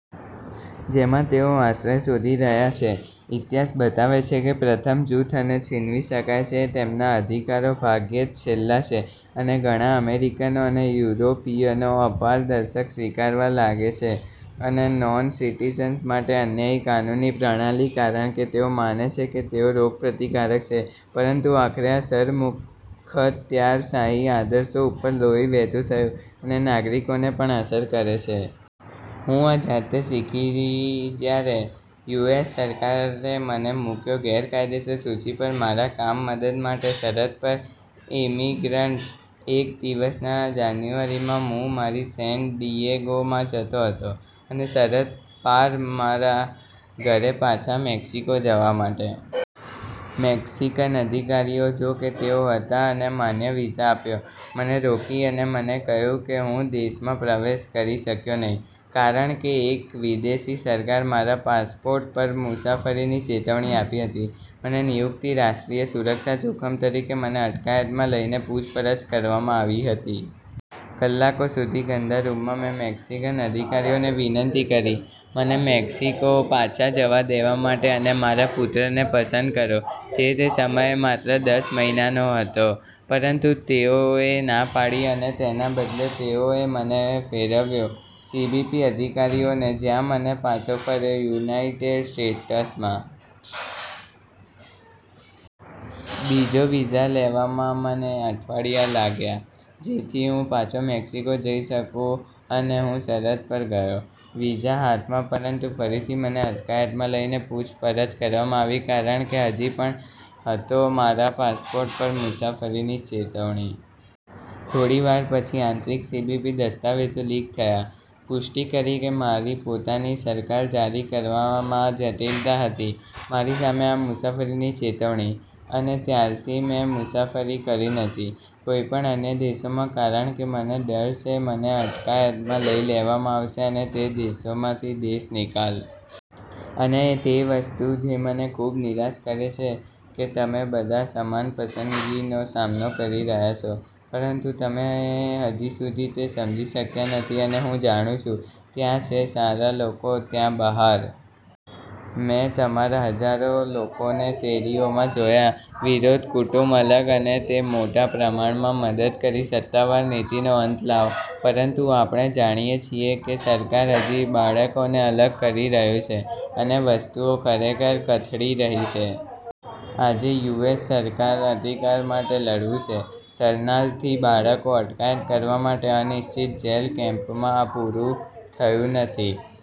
જેમાં તેઓ આશ્રય શોધી રહ્યા છે. ઇતિહાસ બતાવે છે કે પ્રથમ જૂથ અને છીનવી શકાય છે તેમના અધિકારો ભાગ્યે જ છેલ્લા છે અને ઘણા અમેરિકનો અને યુરોપિયનો અપારદર્શક સ્વીકારવા લાગે છે અને નોનસિટીઝન્સ માટે અન્યાયી કાનૂની પ્રણાલી, કારણ કે તેઓ માને છે કે તેઓ રોગપ્રતિકારક છે, પરંતુ આખરે આ સરમુખત્યારશાહી આદર્શો ઉપર લોહી વહેતું થયું અને નાગરિકોને પણ અસર કરે છે. હું આ જાતે શીખી જ્યારે યુ. એસ. સરકારે મને મૂક્યો ગેરકાયદેસર સૂચિ પર મારા કામ મદદ માટે સરહદ પર ઇમિગ્રન્ટ્સ. એક દિવસ ના જાન્યુઆરીમાં હું મારી સેન ડિએગોમાં જતો હતો અને સરહદ પાર મારા ઘરે પાછા મેક્સિકો જવા માટે. મેક્સીકન અધિકારીઓ, જોકે તેઓ હતા મને માન્ય વીઝા આપ્યો, મને રોકી અને મને કહ્યું કે હું દેશમાં પ્રવેશ કરી શક્યો નહીં ,કારણ કે એક વિદેશી સરકાર મારા પાસપોર્ટ પર મુસાફરીની ચેતવણી આપી હતી, મને નિયુક્તિ રાષ્ટ્રીય સુરક્ષા જોખમ તરીકે મને અટકાયતમાં લઇને પૂછપરછ કરવામાં આવી હતી. કલાકો સુધી ગંદા રૂમમાં. મેં મેક્સીકન અધિકારીઓને વિનંતી કરી મને મેક્સિકો પાછા જવા દેવા માટે અને મારા પુત્રને પસંદ કરો, જે તે સમયે માત્ર દસ મહિનાનો હતો, પરંતુ તેઓએ ના પાડી અને તેના બદલે તેઓએ મને ફેરવ્યો સીબીપી અધિકારીઓને, જ્યાં મને પાછો ફર્યો યુનાઇટેડ સ્ટેટ્સમાં. બીજો વિઝા લેવામાં મને અઠવાડિયા લાગ્યાં, જેથી હું પાછા મેક્સિકો જઈ શકું અને હું સરહદ પર ગયો. વિઝા હાથમાં, પરંતુ ફરીથી મને અટકાયતમાં લઇને પૂછપરછ કરવામાં આવી કારણ કે હજી પણ હતો મારા પાસપોર્ટ પર મુસાફરીની ચેતવણી. થોડી વાર પછી, આંતરિક સીબીપી દસ્તાવેજો લીક થયા પુષ્ટિ કરી કે મારી પોતાની સરકાર જારી કરવામાં જટિલતા હતી મારી સામે આ મુસાફરીની ચેતવણી. અને ત્યારથી મેં મુસાફરી કરી નથી કોઈપણ અન્ય દેશોમાં, કારણ કે મને ડર છે કે મને અટકાયતમાં લઇ લેવામાં આવશે અને તે દેશોમાંથી દેશનિકાલ. અને તે વસ્તુ જે મને ખૂબ નિરાશ કરે છે કે તમે બધા સમાન પસંદગીનો સામનો કરી રહ્યા છે, પરંતુ તમે હજી સુધી તે સમજી શક્યા નથી અને હું જાણું છું, ત્યાં છે સારા લોકો ત્યાં બહાર. મેં તમારા હજારો લોકોને શેરીઓમાં જોયા, વિરોધ કુટુંબ અલગ અને તે મોટા પ્રમાણમાં મદદ કરી સત્તાવાર નીતિનો અંત લાવો, પરંતુ આપણે જાણીએ છીએ કે સરકાર હજી બાળકોને અલગ કરી રહ્યું છે અને વસ્તુઓ ખરેખર કથળી રહી છે. આજે, યુ. એસ. સરકાર અધિકાર માટે લડવું છે. શરણાર્થી બાળકો અટકાયત કરવા માટે અનિશ્ચિત જેલ કેમ્પમાં. આ પૂરું થયું નથી.